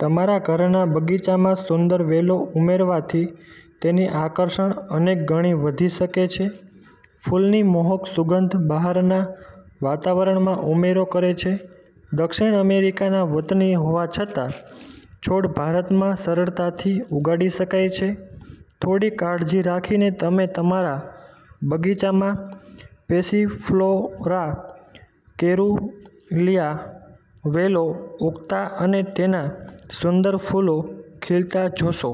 તમારા ઘરના બગીચામાં સુંદર વેલો ઉમેરવાથી તેની આકર્ષણ અનેક ગણી વધી શકે છે. ફૂલની મોહક સુગંધ બહારના વાતાવરણમાં ઉમેરો કરે છે. દક્ષિણ અમેરિકાના વતની હોવા છતાં, છોડ ભારતમાં સરળતાથી ઉગાડી શકાય છે. થોડી કાળજી રાખીને તમે તમારા બગીચામાં પેસિફ્લોરા કેરુલીઆ વેલો ઉગતા અને તેના સુંદર ફૂલો ખીલતા જોશો.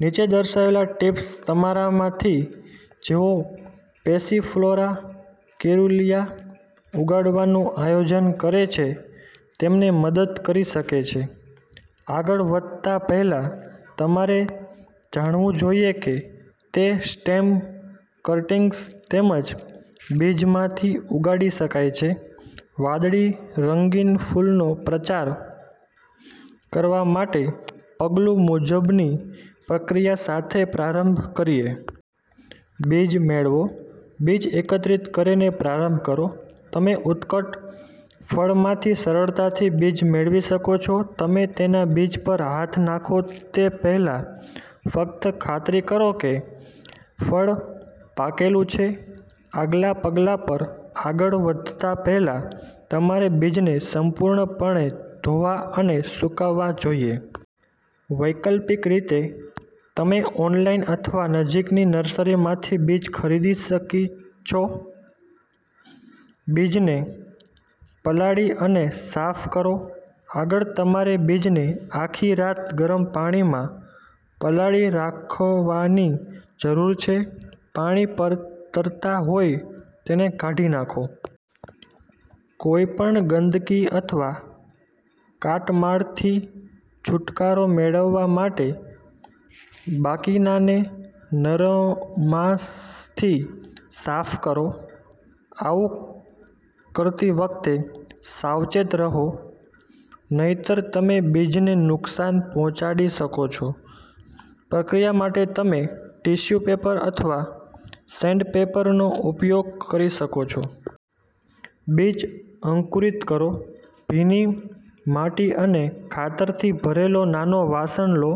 નીચે દર્શાવેલ ટિપ્સ તમારામાંથી જેઓ પેસિફ્લોરા કેરુલીયા ઉગાડવાનું આયોજન કરે છે તેમને મદદ કરી શકે છે. આગળ વધતા પહેલા, તમારે જાણવું જોઈએ કે તે સ્ટેમ કટીંગ્સ તેમજ બીજમાંથી ઉગાડી શકાય છે. વાદળી-રંગીન ફૂલનો પ્રચાર કરવા માટે પગલું મુજબની પ્રક્રિયા સાથે પ્રારંભ કરીએ. બીજ મેળવો, બીજ એકત્રિત કરીને પ્રારંભ કરો. તમે ઉત્કટ ફળમાંથી સરળતાથી બીજ મેળવી શકો છો. તમે તેના બીજ પર હાથ નાખો તે પહેલાં ફક્ત ખાતરી કરો કે ફળ પાકેલું છે. આગલા પગલા પર આગળ વધતા પહેલા તમારે બીજને સંપૂર્ણપણે ધોવા અને સૂકવવા જોઈએ. વૈકલ્પિક રીતે, તમે ઓનલાઈન અથવા નજીકની નર્સરીમાંથી બીજ ખરીદી શકો છો. બીજને પલાળી અને સાફ કરો. આગળ, તમારે બીજને આખી રાત ગરમ પાણીમાં પલાળી રાખવાની જરૂર છે. પાણી પર તરતા હોય તેને કાઢી નાખો. કોઈ પણ ગંદકી અથવા કાટમાળથી છુટકારો મેળવવા માટે બાકીનાને નરમાશથી સાફ કરો. આવું કરતી વખતે સાવચેત રહો નહીંતર તમે બીજને નુકસાન પહોંચાડી શકો છો. પ્રક્રિયા માટે તમે ટીશ્યુ પેપર અથવા સેન્ડપેપરનો ઉપયોગ કરી શકો છો. બીજ અંકુરિત કરો, ભીની માટી અને ખાતરથી ભરેલો નાનો વાસણ લો.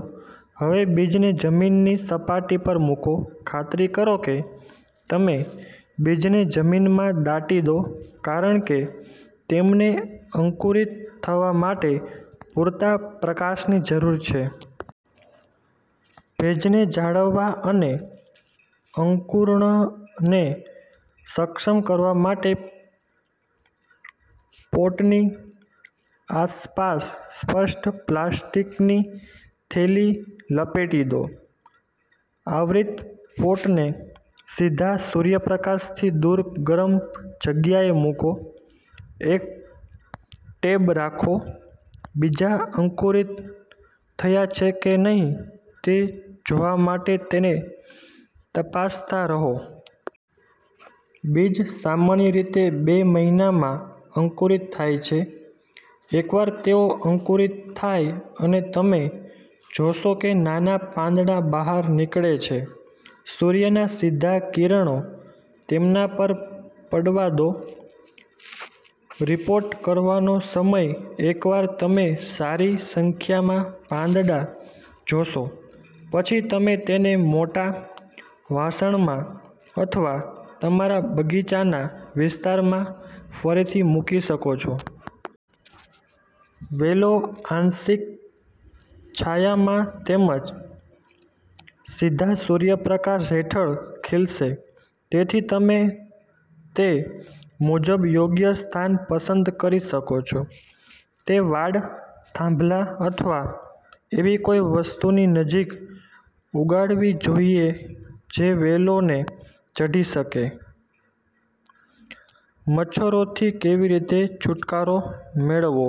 હવે, બીજને જમીનની સપાટી પર મૂકો. ખાતરી કરો કે તમે બીજને જમીનમાં દાટી દો કારણ કે તેમને અંકુરિત થવા માટે પૂરતા પ્રકાશની જરૂર છે. ભેજને જાળવવા અને અંકુરણને સક્ષમ કરવા માટે પોટની આસપાસ સ્પષ્ટ પ્લાસ્ટિકની થેલી લપેટી દો. આવરિત પોટને સીધા સૂર્યપ્રકાશથી દૂર ગરમ જગ્યાએ મૂકો. એક ટેબ રાખો. બીજ અંકુરિત થયા છે કે નહીં તે જોવા માટે તેને તપાસતા રહો. બીજ સામાન્ય રીતે બે મહિનામાં અંકુરિત થાય છે. એકવાર તેઓ અંકુરિત થાય અને તમે જોશો કે નાના પાંદડા બહાર નીકળે છે. સૂર્યના સીધા કિરણો તેમના પર પડવા દો. રીપોટ કરવાનો સમય એકવાર તમે સારી સંખ્યામાં પાંદડા જોશો, પછી તમે તેને મોટા વાસણમાં અથવા તમારા બગીચાના વિસ્તારમાં ફરીથી મૂકી શકો છો. વેલો આંશિક છાયામાં તેમજ સીધા સૂર્યપ્રકાશ હેઠળ ખીલશે. તેથી, તમે તે મુજબ યોગ્ય સ્થાન પસંદ કરી શકો છો. તે વાડ, થાંભલા અથવા એવી કોઈ વસ્તુની નજીક ઉગાડવી જોઈએ જે વેલોને ચઢી શકે. મચ્છરોથી કેવી રીતે છુટકારો મેળવવો?